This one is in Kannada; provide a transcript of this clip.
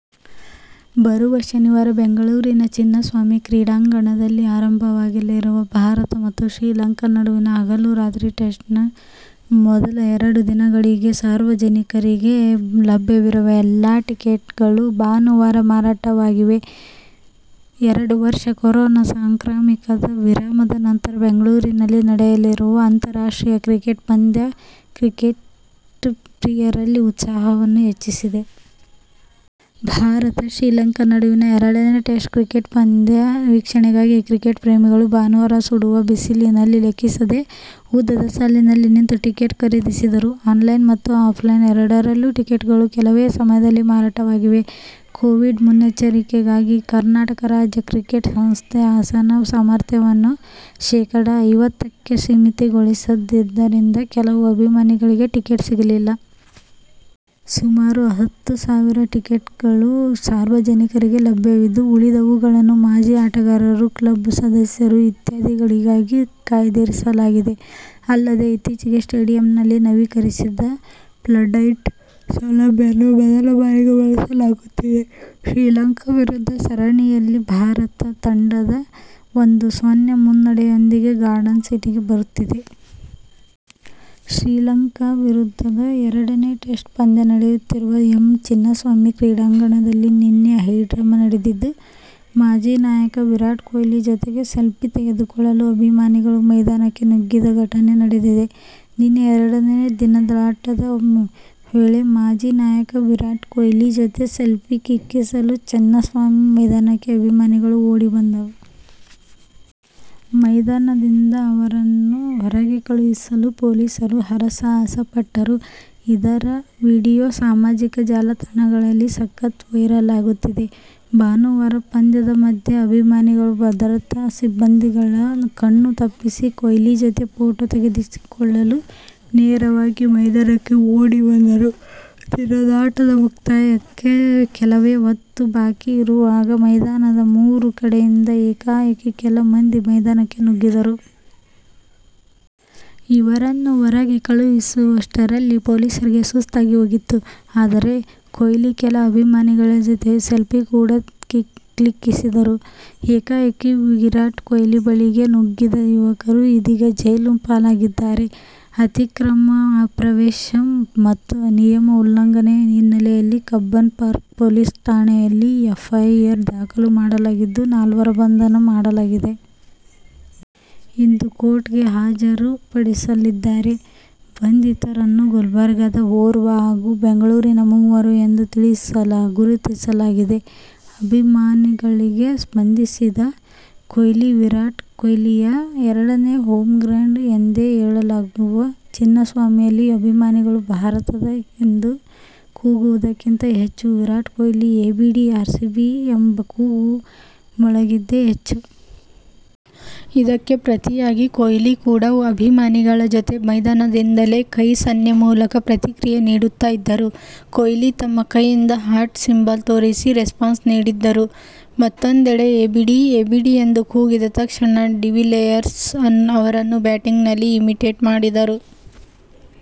ಬರುವ ಶನಿವಾರ ಬೆಂಗಳೂರಿನ ಚಿನ್ನಸ್ವಾಮಿ ಕ್ರೀಡಾಂಗಣದಲ್ಲಿ ಆರಂಭವಾಗಲಿರುವ ಭಾರತ ಮತ್ತು ಶ್ರೀಲಂಕಾ ನಡುವಿನ ಹಗಲು-ರಾತ್ರಿ ಟೆಸ್ಟ್ನ ಮೊದಲ ಎರಡು ದಿನಗಳಿಗೆ ಸಾರ್ವಜನಿಕರಿಗೆ ಲಭ್ಯವಿರುವ ಎಲ್ಲಾ ಟಿಕೆಟ್ಗಳು ಭಾನುವಾರ ಮಾರಾಟವಾಗಿವೆ. ಎರಡು ವರ್ಷ ಕೊರೋನಾ ಸಾಂಕ್ರಾಮಿಕದ ವಿರಾಮದ ನಂತರ ಬೆಂಗಳೂರಿನಲ್ಲಿ ನಡೆಯಲಿರುವ ಅಂತಾರಾಷ್ಟ್ರೀಯ ಕ್ರಿಕೆಟ್ ಪಂದ್ಯ ಕ್ರಿಕೆಟ್ ಪ್ರಿಯರಲ್ಲಿ ಉತ್ಸಾಹವನ್ನು ಹೆಚ್ಚಿಸಿದೆ. ಭಾರತ- ಶ್ರೀಲಂಕಾ ನಡುವಿನ ಎರಡನೇ ಟೆಸ್ಟ್ ಕ್ರಿಕೆಟ್ ಪಂದ್ಯ ವೀಕ್ಷಣೆಗಾಗಿ ಕ್ರಿಕೆಟ್ ಪ್ರೇಮಿಗಳು ಭಾನುವಾರ ಸುಡುವ ಬಿಸಿಲನ್ನು ಲೆಕ್ಕಿಸದೆ ಉದ್ದದ ಸಾಲಿನಲ್ಲಿ ನಿಂತು ಟಿಕೆಟ್ ಖರೀದಿಸಿದರು. ಆನ್ಲೈನ್ ಮತ್ತು ಆಫ್ಲೈನ್ ಎರಡರಲ್ಲೂ ಟಿಕೆಟ್ಗಳು ಕೆಲವೇ ಸಮಯದಲ್ಲಿ ಮಾರಾಟವಾಗಿವೆ. ಕೋವಿಡ್ ಮುನ್ನೆಚ್ಚರಿಕೆಯಾಗಿ ಕರ್ನಾಟಕ ರಾಜ್ಯ ಕ್ರಿಕೆಟ್ ಸಂಸ್ಥೆ ಆಸನ ಸಾಮರ್ಥ್ಯವನ್ನು ಶೇಕಡಾ ಐವತ್ತಕ್ಕೆ ಸೀಮಿತಗೊಳಿಸಿದ್ದರಿಂದ ಕೆಲವು ಅಭಿಮಾನಿಗಳಿಗೆ ಟಿಕೆಟ್ ಸಿಗಲಿಲ್ಲ. ಸುಮಾರು ಹತ್ತು ಸಾವಿರ ಟಿಕೆಟ್ಗಳು ಸಾರ್ವಜನಿಕರಿಗೆ ಲಭ್ಯವಿದ್ದು, ಉಳಿದವುಗಳನ್ನು ಮಾಜಿ ಆಟಗಾರರು, ಕ್ಲಬ್ ಸದಸ್ಯರು ಇತ್ಯಾದಿಗಳಿಗಾಗಿ ಕಾಯ್ದಿರಿಸಲಾಗಿದೆ. ಅಲ್ಲದೆ, ಇತ್ತೀಚೆಗೆ ಸ್ಟೇಡಿಯಂನಲ್ಲಿ ನವೀಕರಿಸಿದ ಫ್ಲಡ್ಲೈಟ್ ಸೌಲಭ್ಯವನ್ನು ಮೊದಲ ಬಾರಿಗೆ ಬಳಸಲಾಗುತ್ತಿದೆ. ಶ್ರೀಲಂಕಾ ವಿರುದ್ಧದ ಸರಣಿಯಲ್ಲಿ ಭಾರತ ತಂಡ ಒಂದು ಸೊನ್ನೆ ಮುನ್ನಡೆಯೊಂದಿಗೆ ಗಾರ್ಡನ್ ಸಿಟಿಗೆ ಬರುತ್ತಿದೆ. ಶ್ರೀಲಂಕಾ ವಿರುದ್ಧದ ಎರಡನೇ ಟೆಸ್ಟ್ ಪಂದ್ಯ ನಡೆಯುತ್ತಿರುವ ಎಂ ಚಿನ್ನಸ್ವಾಮಿ ಕ್ರೀಡಾಂಗಣದಲ್ಲಿ ನಿನ್ನೆ ಹೈಡ್ರಾಮಾ ನಡೆದಿದ್ದು, ಮಾಜಿ ನಾಯಕ ವಿರಾಟ್ ಕೊಹ್ಲಿ ಜೊತೆಗೆ ಸೆಲ್ಫಿ ತೆಗೆದುಕೊಳ್ಳಲು ಅಭಿಮಾನಿಗಳು ಮೈದಾನಕ್ಕೆ ನುಗ್ಗಿದ ಘಟನೆ ನಡೆದಿದೆ. ನಿನ್ನೆ ಎರಡನೇ ದಿನದಾಟದ ವೇಳೆ ಮಾಜಿ ನಾಯಕ ವಿರಾಟ್ ಕೊಹ್ಲಿ ಜೊತೆ ಸೆಲ್ಫೀ ಕ್ಲಿಕ್ಕಿಸಲು ಚಿನ್ನಸ್ವಾಮಿ ಮೈದಾನಕ್ಕೇ ಅಭಿಮಾನಿಗಳು ಓಡಿ ಬಂದರು. ಮೈದಾನದಿಂದ ಅವರನ್ನು ಹೊರಗೆ ಕಳುಹಿಸಲು ಪೊಲೀಸರು ಹರಸಾಹಸ ಪಟ್ಟರು. ಇದರ ವಿಡಿಯೋ ಸಾಮಾಜಿಕ ಜಾಲತಾಣಗಳಲ್ಲಿ ಸಖತ್ ವೈರಲ್ ಆಗುತ್ತಿದೆ. ಭಾನುವಾರ ಪಂದ್ಯದ ಮಧ್ಯೆ ಅಭಿಮಾನಿಗಳು ಭದ್ರತಾ ಸಿಬ್ಬಂದಿಗಳ ಕಣ್ಣು ತಪ್ಪಿಸಿ ಕೊಹ್ಲಿ ಜೊತೆ ಫೋಟೋ ತೆಗೆಸಿಕೊಳ್ಳಲು ನೇರವಾಗಿ ಮೈದಾನಕ್ಕೆ ಓಡಿ ಬಂದರು. ದಿನದಾಟದ ಮುಕ್ತಾಯಕ್ಕೆ ಕೆಲವೇ ಹೊತ್ತು ಬಾಕಿ ಇರುವಾಗ ಮೈದಾನದ ಮೂರು ಕಡೆಯಿಂದ ಏಕಾಏಕಿ ಕೆಲ ಮಂದಿ ಮೈದಾನಕ್ಕೆ ನುಗ್ಗಿದರು. ಇವರನ್ನು ಹೊರಗೆ ಕಳುಹಿಸುವಷ್ಟರಲ್ಲಿ ಪೊಲೀಸರಿಗೆ ಸುಸ್ತಾಗಿ ಹೋಗಿತ್ತು. ಆದರೆ, ಕೊಹ್ಲಿ ಕೆಲ ಅಭಿಮಾನಿಗಳ ಜೊತೆ ಸೆಲ್ಫಿ ಕೂಡ ಕ್ಲಿಕ್ಕಿಸಿದರು. ಏಕಾಏಕಿ ವಿರಾಟ್ ಕೊಹ್ಲಿ ಬಳಿಗೆ ನುಗ್ಗಿದ್ದ ಯುವಕರು ಇದೀಗ ಜೈಲು ಪಾಲಾಗಿದ್ದಾರೆ. ಅತಿಕ್ರಮ ಪ್ರವೇಶ ಮತ್ತು ನಿಯಮ ಉಲ್ಲಂಘನೆ ಹಿನ್ನಲೆಯಲ್ಲಿ ಕಬ್ಬನ್ ಪಾರ್ಕ್ ಪೊಲೀಸ್ ಠಾಣೆಯಲ್ಲಿ ಎಫ್ಐಆರ್ ದಾಖಲು ಮಾಡಲಾಗಿದ್ದು ನಾಲ್ವರ ಬಂಧನ ಮಾಡಲಾಗಿದೆ. ಇಂದು ಕೋರ್ಟ್ಗೆ ಹಾಜರು ಪಡಿಸಲಿದ್ದಾರೆ. ಬಂಧಿತರನ್ನು ಗುಲ್ಬರ್ಗಾದ ಓರ್ವ ಹಾಗೂ ಬೆಂಗಳೂರಿನ ಮೂವರು ಎಂದು ಗುರುತಿಸಲಾಗಿದೆ. ಅಭಿಮಾನಿಗಳಿಗೆ ಸ್ಪಂದಿಸಿದ ಕೊಹ್ಲಿ ವಿರಾಟ್ ಕೊಹ್ಲಿಯ ಎರಡನೇ ಹೋಮ್ ಗ್ರೌಂಡ್ ಎಂದೇ ಹೇಳಲಾಗುವ ಚಿನ್ನಸ್ವಾಮಿಯಲ್ಲಿ ಅಭಿಮಾನಿಗಳು ಭಾರತ ಎಂದು ಕೂಗುವುದಕ್ಕಿಂತ ಹೆಚ್ಚು ವಿರಾಟ್ ಕೊಹ್ಲಿ, ಎಬಿಡಿ, ಆರ್ಸಿಬಿ ಎಂಬ ಕೂಗು ಮೊಳಗಿದ್ದೇ ಹೆಚ್ಚು. ಇದಕ್ಕೆ ಪ್ರತಿಯಾಗಿ ಕೊಹ್ಲಿ ಕೂಡ ಅಭಿಮಾನಿಗಳ ಜೊತೆ ಮೈದಾನದಿಂದಲೇ ಕೈ ಸನ್ನೆ ಮೂಲಕ ಪ್ರತಿಕ್ರಿಯೆ ನೀಡುತ್ತಾ ಇದ್ದರು. ಕೊಹ್ಲಿ ತಮ್ಮ ಕೈಯಿಂದ ಹಾರ್ಟ್ ಸಿಂಬಲ್ ತೋರಿಸಿ ರೆಸ್ಪಾನ್ಸ್ ನೀಡಿದ್ದರು. ಮತ್ತೊಂದೆಡೆ ಎಬಿಡಿ, ಎಬಿಡಿ ಎಂದು ಕೂಗಿದ ತಕ್ಷಣ ಡಿವಿಲಿಯರ್ಸ್ ಅವರನ್ನು ಬ್ಯಾಟಿಂಗ್ನಲ್ಲಿ ಇಮಿಟೇಟ್ ಮಾಡಿದರು.